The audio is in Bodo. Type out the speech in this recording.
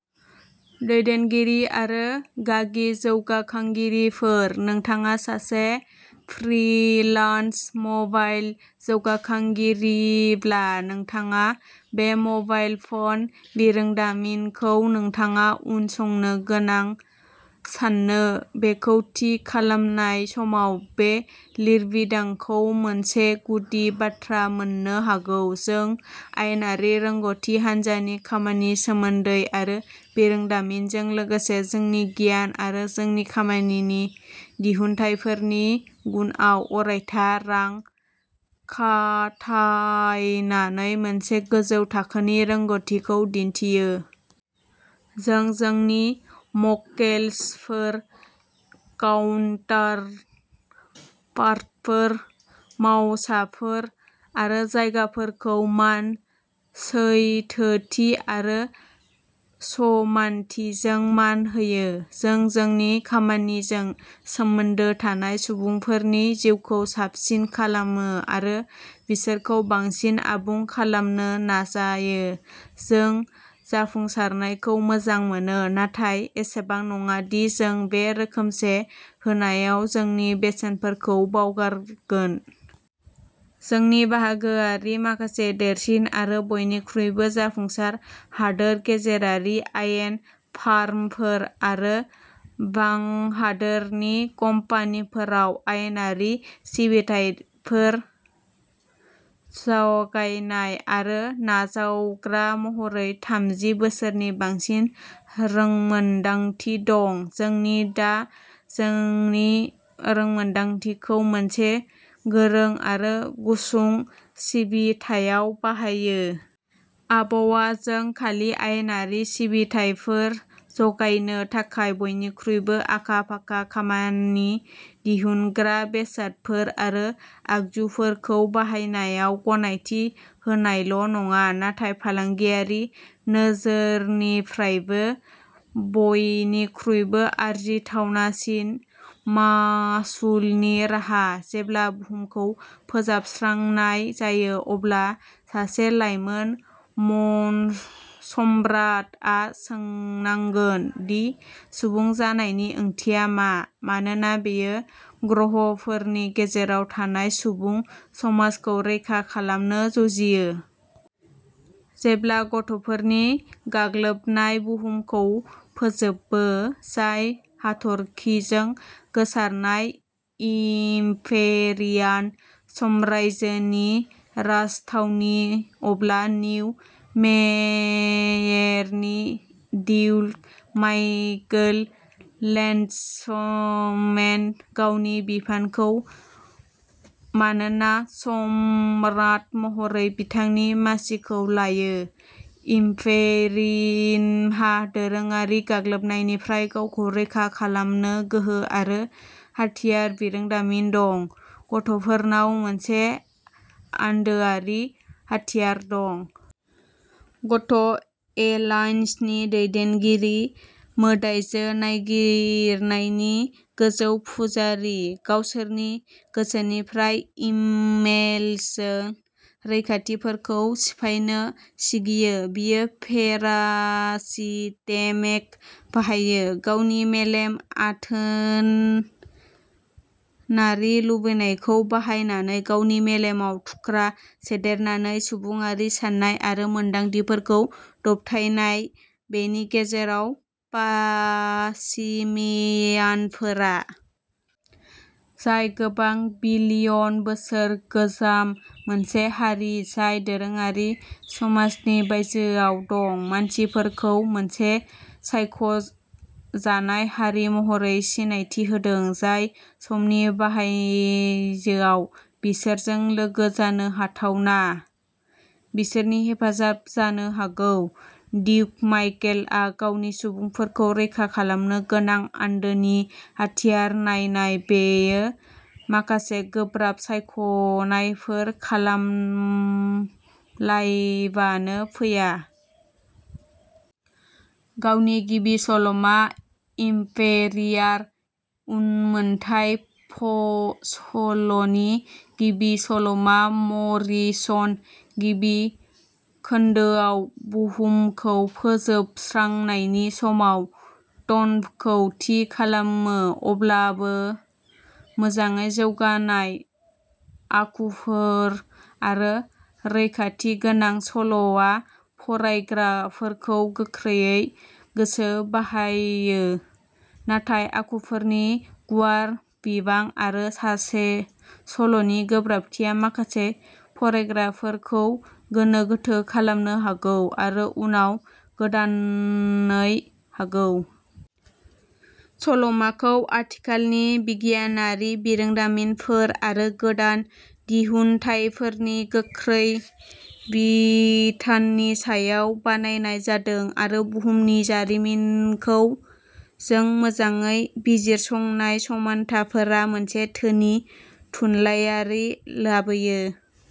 दैदेनगिरि आरो गागि जौगाखांगिरिफोर। नोंथाङा सासे फ्रिलान्स मबाइल जौगाखांगिरिब्ला नोंथाङा बबे मबाइल फ'न बिरोंदामिनखौ नोंथाङा उनसंनो गोनां सानो बेखौ थि खालामनाय समाव बे लिरबिदांखौ मोनसे गुदि बाथ्रा मोननो हागौ। जों आयेनारि रोंग'थि, हानजानि खामानि, सोमोन्दो आरो बिरोंदामिनजों लोगोसे जोंनि गियान आरो जोंनि खामानिनि दिहुनथायफोरनि गुनआव अरायथा रां खाथायनानै मोनसे गोजौ थाखोनि रोंग'थिखौ दिन्थियो। जों जोंनि मक्केलफोर, काउन्टारपार्टिफोर, मावसाफोर आरो जगायग्राफोरखौ मान, सैथोथि आरो समानथिजों मान होयो। जों जोंनि खामानिजों सोमोन्दो थानाय सुबुंफोरनि जिउखौ साबसिन खालामनो आरो बिसोरखौ बांसिन आबुं खालामनो नाजायो। जों जाफुंसारनायखौ मोजां मोनो नाथाय एसेबां नङा दि जों बे रोखोमसे होनायाव जोंनि बेसेनफोरखौ बावगारगोन। जोंनि बाहागोआरिफोरा माखासे देरसिन आरो बयनिख्रुइबो जाफुंसार हादोर गेजेरारि आयेन फार्मफोर आरो बांहादरारि कम्पानिफोराव आयेनारि सिबिथाइफोर जगायनाय आरो नाजावग्रा महरै थामजि बोसोरनि बांसिन रोंमोनदांथि दं। जों दा जोंनि रोंमोनदांथिखौ मोनसे गोजों आरो गुसुं सिबिथायाव बाहायो। आबहावा जों खालि आयेनारि सिबिथायफोर जगायनो थाखाय बयनिख्रुइबो आखा-फाखा खामानि दिहुनग्रा बेसादफोर आरो आगजुफोरखौ बाहायनायाव गनायथि होनायल'नङा, नाथाय फालांगियारि नोजोरनिफ्रायबो बयनिख्रुइबो आरजाथावसिन मासुलनि राहा। जेब्ला बुहुमखौ फोजोबस्रांनाय जायो, अब्ला सासे लाइमोन सम्राटआ सोंनांगोन दि सुबुं जानायनि ओंथिया मा, मानोना बियो ग्रहफोरनि गेजेराव थानाय सुबुं समाजखौ रैखा खालामनो जुजियो। जेब्ला गथ’फोरनि गाग्लोबनाया बुहुमखौ फोजोबो, जाय हाथरखिजों गोसारनाय इम्पेरियाम साम्रायजोनि राजथावनि, अब्ला निउ मेयेरनि डियुक माइकेल लेन्डसमेनआ गावनि बिफाखौ खोमाना सम्राट महरै बिथांनि मासिखौ लायो। इम्पेरियामहा दोरोङारि गाग्लोबनायनिफ्राय गावखौ रैखा खालामनो गोहो आरो हाथियार बिरोंदामिन दं, गथ’फोरनाव मोनसे आन्दोआरि हाथियार दं। गथ’ एलायन्सनि दैदेनगिरि, मोदाइजो नियारियाननि गोजौ पुजारी, गावसोरनि गोसोनिफ्राय इम्पेरियेल रैखाथिफोरखौ सिफायनो सिगियो बियो पेरासिटिक बाहायो। गावनि मेलेमाव आथोनारि लुबैनायखौ बाहायनानै गावनि मेलेमाव थुख्रा सोदेरनानै सुबुङारि साननाय आरो मोन्दांथिफोरखौ दबथायनाय। बेनि गेजेराव, पासिमियानफोरा जाय गोबां बिलियन बोसोर गोजाम मोनसे हारि, जाय दोरोङारि समफारिनि बायजोआव दं, मानसिफोरखौ मोनसे सायख' जानाय हारि महरै सिनायथि होदों, जाय समनि बायजोआव बिसोरजों लोगो जानो हाथावना बिसोरनि हेफाजाबा जानो हागौ डिउक माइकेलआ गावनि सुबुंफोरखौ रैखा खालामनो गोनां आन्दोनि हाथियार-नाथाय बेयो माखासे गोब्राब सायख'नायफोर खालामालाबानो फैया। गावनि गिबि सल'मा, इम्पेरियाम उनमोनथाय सल'नि गिबि सल'मा, मरिसआ गिबि खोन्दोआव बुहुमखौ फोजोबस्रांनायनि समाव टनखौ थि खालामो। अब्लाबो मोजाङै जौगानाय आखुफोर आरो गोख्रैथि गोनां सल'आ फरायग्राफोरखौ गोख्रैनो गोसो बोहोयो, नाथाय आखुफोरनि गुवार बिबां आरो सल'नि गोब्राबथिया माखासे फरायग्राफोरखौ गोनो गोथो खालामनो हागौ आरो उनाव दोनहैनो हागौ। सल'माखौ आथिखालनि बिगियानारि बिरोंदामिनफोर आरो गोदान दिहुनथायफोरनि गोख्रों बिथानि सायाव बानायनाय जादों, आरो बुहुमनि जारिमिनजों मोजाङै बिजिरसंजानाय समानथायफोरा मोनसे धोनि थुनलायारि लाबोयो।